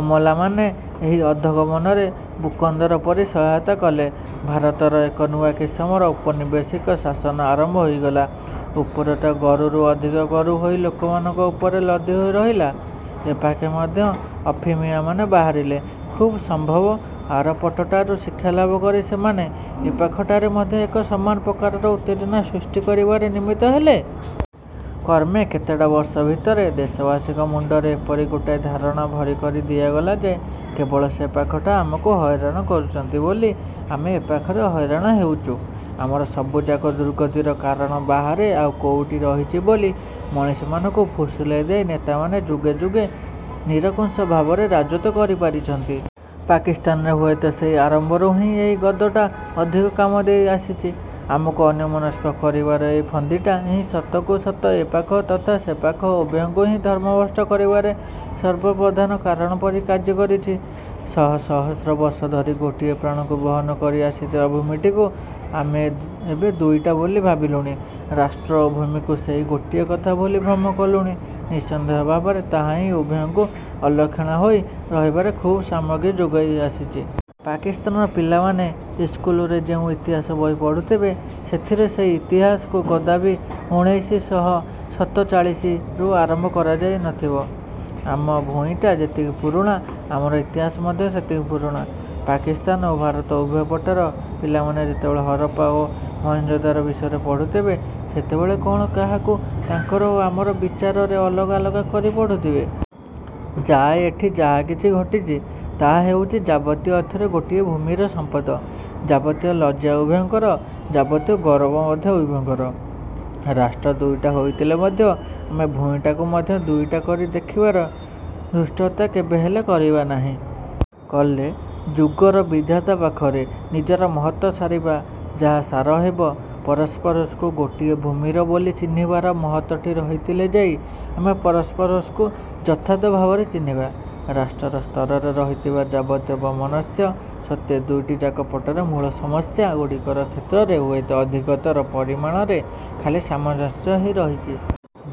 ଅମଲାମାନେ ଏହି ଅଧୋଗମନରେ ବୃକୋଦର ପରି ସହାୟତା କଲେ। ଭାରତରେ ଏକ ନୂଆ କିସମର ଔପନିବେଶିକ ଶାସନ ଆରମ୍ଭ ହୋଇଗଲା। ଉପରଟା ଗରୁରୁ ଅଧିକ ଗରୁ ହୋଇ ଲୋକମାନଙ୍କ ଉପରେ ଲଦି ହୋଇ ରହିଲା। ଏପାଖେ ମଧ୍ୟ ଅଫିମିଆମାନେ ବାହାରିଲେ। ଖୁବ୍ ସମ୍ଭବ ଆରପଟଟାରୁ ଶିକ୍ଷାଲାଭ କରି ସେମାନେ ଏ ପାଖଟାରେ ମଧ୍ୟ ଏକ ସମାନ ପ୍ରକାରର ଉତ୍ତେଜନା ସୃଷ୍ଟି କରିବାରେ ନିମିତ୍ତ ହେଲେ। କ୍ରମେ କେତେଟା ବର୍ଷ ଭିତରେ ଦେଶବାସୀଙ୍କ ମୁଣ୍ଡରେ ଏପରି ଗୋଟାଏ ଧାରଣା ଭରି କରି ଦିଆଗଲା ଯେ କେବଳ ସେପାଖଟା ଆମକୁ ହଇରାଣ କରୁଛନ୍ତି ବୋଲି ଆମେ ଏପାଖରେ ହଇରାଣ ହେଉଛୁ। ଆମର ସବୁଯାକ ଦୁର୍ଗତିର କାରଣ ବାହାରେ ଆଉ କୋଉଠି ରହିଛି ବୋଲି ମଣିଷମାନଙ୍କୁ ଫୁସୁଲେଇ ଦେଇ ନେତାମାନେ ଯୁଗେ ଯୁଗେ ନିରଙ୍କୁଶ ଭାବରେ ରାଜତ୍ୱ କରିପାରିଛନ୍ତି। ପାକିସ୍ତାନରେ ହୁଏତ ସେହି ଆରମ୍ଭରୁ ହିଁ ଏହି ଗଦଟା ଅଧିକ କାମ ଦେଇଆସିଛି। ଆମକୁ ଅନ୍ୟମନସ୍କ କରିବାର ଏହି ଫନ୍ଦିଟା ହିଁ ସତକୁ ସତ ଏପାଖ ତଥା ସେପାଖ ଉଭୟଙ୍କୁ ହିଁ ଧର୍ମଭ୍ରଷ୍ଟ କରିବାରେ ସର୍ବପ୍ରଧାନ କାରଣ ପରି କାର୍ଯ୍ୟ କରିଛି। ସହସ୍ର ସହସ୍ର ବର୍ଷ ଧରି ଗୋଟିଏ ପ୍ରାଣକୁ ବହନ କରି ଆସିଥିବା ଭୂମିଟିକୁ ଆମେ ଏବେ ଦୁଇଟା ବୋଲି ଭାବିଲୁଣି, ରାଷ୍ଟ୍ର ଓ ଭୂମିକୁ ସେଇ ଗୋଟିଏ କଥା ବୋଲି ଭ୍ରମ କଲୁଣି, ନିଃସନ୍ଦେହ ଭାବରେ ତାହାହିଁ ଉଭୟଙ୍କୁ ଅଲକ୍ଷଣା ହୋଇ ରହିବାରେ ଖୁବ୍ ସାମଗ୍ରୀ ଯୋଗାଇ ଆସିଛି। ପାକିସ୍ତାନର ପିଲାମାନେ ଇସ୍କୁଲରେ ଯେଉଁ ଇତିହାସ ବହି ପଢୁଥିବେ, ସେଥିରେ ସେହି ଇତିହାସକୁ କଦାପି ଉଣେଇଶି ଶହ ସତଚାଳିଶି ରୁ ଆରମ୍ଭ କରାଯାଇ ନଥିବ। ଆମ ଭୂଇଁଟା ଯେତିକି ପୁରୁଣା, ଆମର ଇତିହାସ ମଧ୍ୟ ସେତିକି ପୁରୁଣା। ପାକିସ୍ତାନ ଓ ଭାରତ ଉଭୟ ପଟର ପିଲାମାନେ ଯେତେବେଳେ ହରପ୍ପା ଓ ମହେଞ୍ଜୋଦାରୋ ବିଷୟରେ ପଢୁଥିବେ, ସେତେବେଳେ କଣ ତାହାକୁ ତାଙ୍କର ଓ ଆମର ବିଚାରରେ ଅଲଗା ଅଲଗା କରି ପଢୁଥିବେ? ଯାଏ ଏଠି ଯାହା କିଛି ଘଟିଛି ତାହା ହେଉଛି ଯାବତୀୟ ଅର୍ଥରେ ଗୋଟିଏ ଭୂମିର ସମ୍ପଦ। ଯାବତୀୟ ଲଜ୍ଜା ଉଭୟଙ୍କର, ଯାବତୀୟ ଗୌରବ ମଧ୍ୟ ଉଭୟଙ୍କର। ରାଷ୍ଟ୍ର ଦୁଇଟା ହୋଇଥିଲେ ମଧ୍ୟ ଆମେ ଭୂଇଁଟିକୁ ମଧ୍ୟ ଦୁଇଟା କରି ଦେଖିବାର ଧୃଷ୍ଟତା କେବେହେଲେ କରିବା ନାହିଁ। କଲେ ଯୁଗର ବିଧାତା ପାଖରେ ନିଜର ମହତ ସାରିବା ଯାହା ସାର ହେବ। ପରସ୍ପରକୁ ଗୋଟିଏ ଭୂମିର ବୋଲି ଚିହ୍ନିବାର ମହତଟି ରହିଥିଲେ ଯାଇ ଆମେ ପରସ୍ପରକୁ ଯଥାର୍ଥ ଭାବରେ ଚିହ୍ନିବା। ରାଷ୍ଟ୍ରର ସ୍ତରରେ ରହିଥିବା ଯାବତୀୟ ବୈମନସ୍ୟ ସତ୍ତ୍ୱେ ଦୁଇଟିଯାକ ପଟରେ ମୂଳ ସମସ୍ୟା ଗୁଡ଼ିକର କ୍ଷେତ୍ରରେ ହୁଏତ ଅଧିକତର ପରିମାଣରେ ଖାଲି ସାମଞ୍ଜସ୍ୟ ହିଁ ରହିଛି।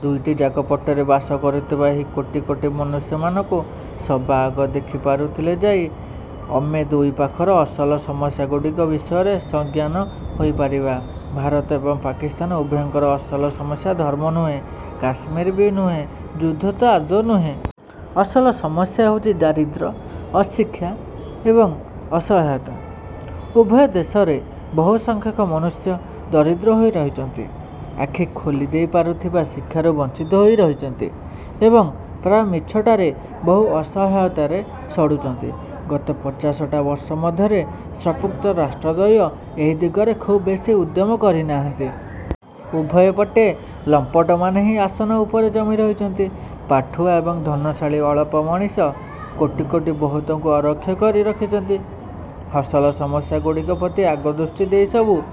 ଦୁଇଟିଯାକ ପଟରେ ବାସ କରୁଥିବା ଏହି କୋଟି କୋଟି ମନୁଷ୍ୟମାନଙ୍କୁ ସବାଆଗ ଦେଖି ପାରୁଥିଲେ ଯାଇ ଅମେ ଦୁଇ ପାଖର ଅସଲ ସମସ୍ୟା ଗୁଡ଼ିକ ବିଷୟରେ ସଜ୍ଞାନ ହୋଇପାରିବା। ଭାରତ ଏବଂ ପାକିସ୍ତାନ ଉଭୟଙ୍କର ଅସଲ ସମସ୍ୟା ଧର୍ମ ନୁହେଁ, କାଶ୍ମୀର ବି ନୁହେଁ, ଯୁଦ୍ଧ ତ ଆଦୌ ନୁହେଁ। ଅସଲ ସମସ୍ୟା ହେଉଛି ଦାରିଦ୍ର୍ୟ, ଅଶିକ୍ଷା ଏବଂ ଅସହାୟତା। ଉଭୟ ଦେଶରେ ବହୁସଂଖ୍ୟକ ମନୁଷ୍ୟ ଦରିଦ୍ର ହୋଇ ରହିଛନ୍ତି। ଆଖି ଖୋଲିଦେଇ ପାରୁଥିବା ଶିକ୍ଷାରୁ ବଂଚିତ ହୋଇ ରହିଛନ୍ତି ଏବଂ ପ୍ରାୟ ମିଛଟାରେ ବହୁ ଅସହାୟତାରେ ସଢୁଛନ୍ତି। ଗତ ପଚାଶଟା ବର୍ଷ ମଧ୍ୟରେ ସଂପୃକ୍ତ ରାଷ୍ଟ୍ରଦ୍ୱୟ ଏହି ଦିଗରେ ଖୁବ ବେଶୀ ଉଦ୍ୟମ କରିନାହାନ୍ତି। ଉଭୟପଟେ ଲମ୍ପଟମାନେ ହିଁ ଆସନ ଉପରେ ଜମି ରହିଛନ୍ତି। ପାଠୁଆ ଏବଂ ଧନଶାଳୀ ଅଳପ ମଣିଷ କୋଟି କୋଟି ବହୁତଙ୍କୁ ଅରକ୍ଷ କରି ରଖିଛନ୍ତି। ଅସଲ ସମସ୍ୟାଗୁଡ଼ିକ ପ୍ରତି ଆଗ ଦୃଷ୍ଟି ଦେଇ ସବୁ